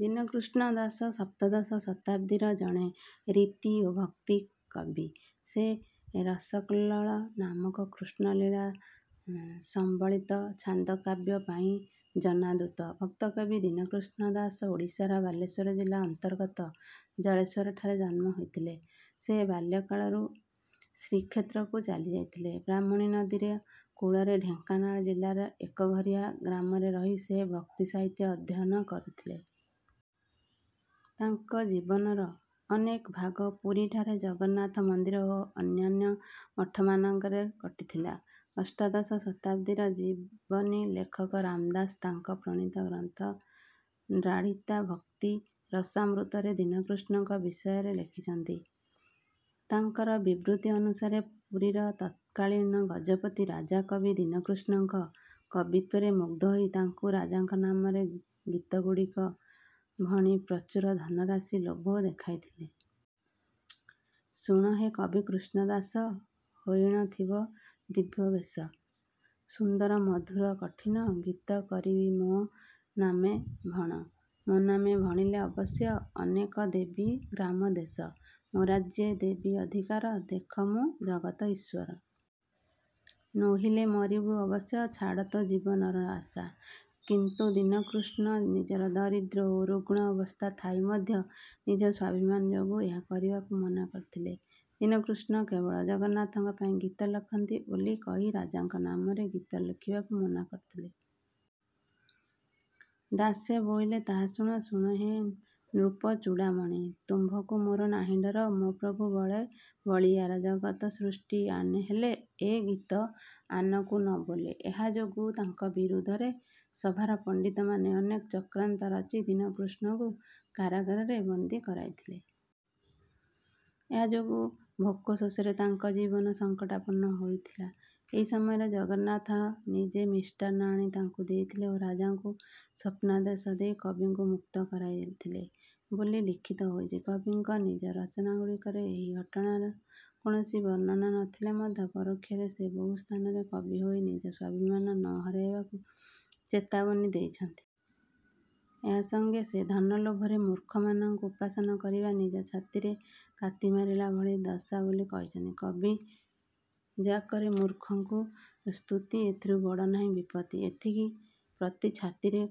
ଦୀନକୃଷ୍ଣ ଦାସ ସପ୍ତଦଶ ଶତାବ୍ଦୀର ଜଣେ ରୀତି ଓ ଭକ୍ତି କବି। ସେ ରସକଲ୍ଲୋଳ ନାମକ କୃଷ୍ଣଲୀଳା ସମ୍ବଳିତ ଛାନ୍ଦକାବ୍ୟ ପାଇଁ ଜନାଦୃତ। ଭକ୍ତକବି ଦୀନକୃଷ୍ଣ ଦାସ ଓଡ଼ିଶାର ବାଲେଶ୍ୱର ଜିଲ୍ଲା ଅନ୍ତର୍ଗତ ଜଳେଶ୍ୱରଠାରେ ଜନ୍ମ ହୋଇଥିଲେ। ସେ ବାଲ୍ୟକାଳରୁ ଶ୍ରୀକ୍ଷେତ୍ରକୁ ଚାଲିଯାଇଥିଲେ। ବ୍ରାହ୍ମଣୀ ନଦୀର କୂଳରେ ଢେଙ୍କାନାଳ ଜିଲ୍ଲାର ଏକଘରିଆ ଗ୍ରାମରେ ରହି ସେ ଭକ୍ତିସାହିତ୍ୟ ଅଧ୍ୟୟନ କରୁଥିଲେ। ତାଙ୍କ ଜୀବନର ଅନେକ ଭାଗ ପୁରୀଠାରେ ଜଗନ୍ନାଥ ମନ୍ଦିର ଓ ଅନ୍ୟାନ୍ୟ ମଠମାନଙ୍କରେ କଟିଥିଲା। ଅଷ୍ଟାଦଶ ଶତାବ୍ଦୀର ଜୀବନୀ ଲେଖକ ରାମଦାସ ତାଙ୍କ ପ୍ରଣୀତ ଗ୍ରନ୍ଥ ଦାର୍ଢ଼୍ୟତାଭକ୍ତି ରସାମୃତରେ ଦୀନକୃଷ୍ଣଙ୍କ ବିଷୟରେ ଲେଖିଛନ୍ତି। ତାଙ୍କର ବିବୃତି ଅନୁସାରେ ପୁରୀର ତତ୍କାଳୀନ ଗଜପତି ରାଜା କବି ଦୀନକୃଷ୍ଣଙ୍କ କବିତ୍ୱରେ ମୁଗ୍ଧ ହୋଇ ତାଙ୍କୁ ରାଜାଙ୍କ ନାମରେ ଗୀତଗୁଡ଼ିକ ଭଣି ପ୍ରଚୁର ଧନରାଶି ଲୋଭ ଦେଖାଇଥିଲେ। ଶୁଣ ହେ କବି କୃଷ୍ଣ ଦାସ। ହୋଇଣ ଥିବ ଦିବ୍ୟ ବେଶ। ସୁନ୍ଦର ମଧୁର କଠିନ। ଗୀତ କରି ମୋ ନାମେ ଭଣ। ମୋ ନାମେ ଭଣିଲେ ଅବଶ୍ୟ। ଅନେକ ଦେବି ଗ୍ରାମ ଦେଶ। ମୋ ରାଜ୍ୟେ ଦେବି ଅଧିକାର। ଦେଖ ମୁଁ ଜଗତ ଈଶ୍ୱର। ନୋହିଲେ ମରିବୁ ଅବଶ୍ୟ। ଛାଡ଼ ତୋ ଜୀବନର ଆଶ। କିନ୍ତୁ ଦୀନକୃଷ୍ଣ ନିଜର ଦରିଦ୍ର ଓ ରୁଗ୍ଣ ଅବସ୍ଥା ଥାଇ ମଧ୍ୟ ନିଜ ସ୍ୱାଭିମାନ ଯୋଗୁଁ ଏହା କରିବାକୁ ମନା କରିଥିଲେ। ଦୀନକୃଷ୍ଣ କେବଳ ଜଗନ୍ନାଥଙ୍କ ପାଇଁ ଗୀତ ଲେଖନ୍ତି ବୋଲି କହି ରାଜାଙ୍କ ନାମରେ ଗୀତ ଲେଖିବାକୁ ମନା କରିଥିଲେ। ଦାସେ ବୋଇଲେ ତାହା ଶୁଣି। ଶୁଣ ହେ ନୃପଚୂଡ଼ାମଣି। ତୁମ୍ଭଙ୍କୁ ମୋର ନାହିଁ ଡର। ମୋ ପ୍ରଭୁ ବଳେ ବଳୀୟାର। ଜଗତ ସୃଷ୍ଟି ଆନ ହେଲେ। ଏ ଗୀତ ଆନକୁ ନ ବୋଲେ। ଏହା ଯୋଗୁଁ ତାଙ୍କ ବିରୁଦ୍ଧରେ ସଭାର ପଣ୍ଡିତମାନେ ଅନେକ ଚକ୍ରାନ୍ତ ରଚି ଦୀନକୃଷ୍ଣଙ୍କୁ କାରାଗାରରେ ବନ୍ଦୀ କରାଇଥିଲେ। ଏହା ଯୋଗୁଁ ଭୋକଶୋଷରେ ତାଙ୍କ ଜୀବନ ସଙ୍କଟାପନ୍ନ ହୋଇଥିଲା। ଏହି ସମୟରେ ଜଗନ୍ନାଥ ନିଜେ ମିଷ୍ଟାନ୍ନ ଆଣି ତାଙ୍କୁ ଦେଇଥିଲେ ଓ ରାଜାଙ୍କୁ ସ୍ୱପ୍ନାଦେଶ ଦେଇ କବିଙ୍କୁ ମୁକ୍ତ କରାଇଥିଲେ ବୋଲି ଲିଖିତ ହୋଇଛି। କବିଙ୍କ ନିଜ ରଚନାଗୁଡ଼ିକରେ ଏହି ଘଟଣାର କୌଣସି ବର୍ଣ୍ଣନା ନଥିଲେ ମଧ୍ୟ ପରୋକ୍ଷରେ ସେ ବହୁ ସ୍ଥାନରେ କବି ହୋଇ ନିଜ ସ୍ୱାଭିମାନ ନ ହରାଇବାକୁ ଚେତାବନୀ ଦେଇଛନ୍ତି। ଏହା ସଙ୍ଗେ ସେ ଧନ ଲୋଭରେ ମୂର୍ଖମାନଙ୍କୁ ଉପାସନା କରିବା ନିଜ ଛାତିରେ କାତି ମାରିଲା ଭଳି ଦଶା ବୋଲି କହିଛନ୍ତି। କବି ଯା କରେ ମୂର୍ଖକୁ ସ୍ତୁତି। ଏଥିରୁ ବଡ଼ ନାହିଁ ବିପତ୍ତି। ଏଥିକି ପ୍ରତି ଛାତିରେ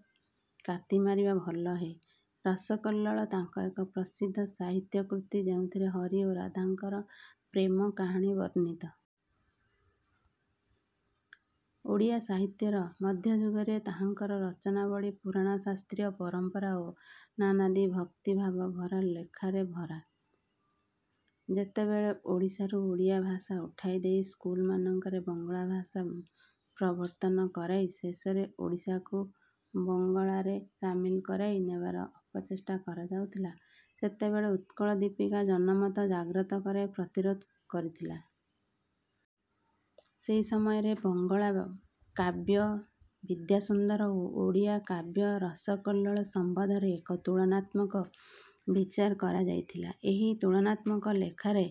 କାତି ମାରିବା ଭଲ ହେ। ରସକଲ୍ଲୋଳ ତାଙ୍କର ଏକ ପ୍ରସିଦ୍ଧ ସାହିତ୍ୟ କୃତି ଯେଉଁଥିରେ ହରି ଓ ରାଧାଙ୍କର ପ୍ରେମ କାହାଣୀ ବର୍ଣ୍ଣିତ। ଓଡ଼ିଆ ସାହିତ୍ୟର ମଧ୍ୟଯୁଗରେ ତାହାଙ୍କର ରଚନାବଳୀ ପୁରାଣ ଶାସ୍ତ୍ରୀୟ ପରମ୍ପରା ଓ ନାନାଦି ଭକ୍ତି ଭାବ ଭରା ଲେଖାରେ ଭରା। ଯେତେବେଳେ ଓଡ଼ିଶାରୁ ଓଡ଼ିଆ ଭାଷା ଉଠାଇ ଦେଇ ସ୍କୁଲମାନଙ୍କରେ ବଙ୍ଗଳା ଭାଷା ପ୍ରବର୍ତ୍ତନ କରାଇ ଶେଷରେ ଓଡ଼ିଶାକୁ ବଙ୍ଗାଳରେ ସାମିଲ କରାଇ ନେବାର ଅପଚେଷ୍ଟା କରାଯାଉଥିଲା ସେତେବେଳେ ଉତ୍କଳ ଦୀପିକା ଜନମତ ଜାଗ୍ରତ କରାଇ ପ୍ରତିରୋଧ କରିଥିଲା। ସେହି ସମୟରେ ବଙ୍ଗଳା କାବ୍ୟ ବିଦ୍ୟାସୁନ୍ଦର ଓ ଓଡ଼ିଆ କାବ୍ୟ ରସକଲ୍ଲୋଳ ସମ୍ବନ୍ଧରେ ଏକ ତୁଳନାତ୍ମକ ବିଚାର କରାଯାଇଥିଲା। ଏହି ତୁଳନାତ୍ମକ ଲେଖାରେ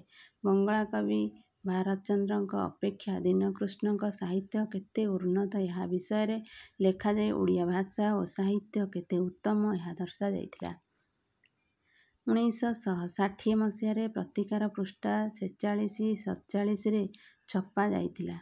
ବଙ୍ଗଳା କବି ଭାରତଚନ୍ଦ୍ରଙ୍କ ଅପେକ୍ଷା ଦୀନକୃଷ୍ଣଙ୍କ ସାହିତ୍ୟ କେତେ ଉନ୍ନତ ଏହା ବିଷୟରେ ଲେଖାଯାଇ ଓଡ଼ିଆ ଭାଷା ଓ ସାହିତ୍ୟ କେତେ ଉତ୍ତମ ଏହା ଦର୍ଶାଯାଇଥିଲା। ଉଣେଇଶ ଶହ ଷାଠିଏ ମସିହାରେ ପତ୍ରିକାର ପୃଷ୍ଠା ଛେଚାଳିଶି-ସତଚାଳିଶିରେ ଛପାଯାଇଥିଲା।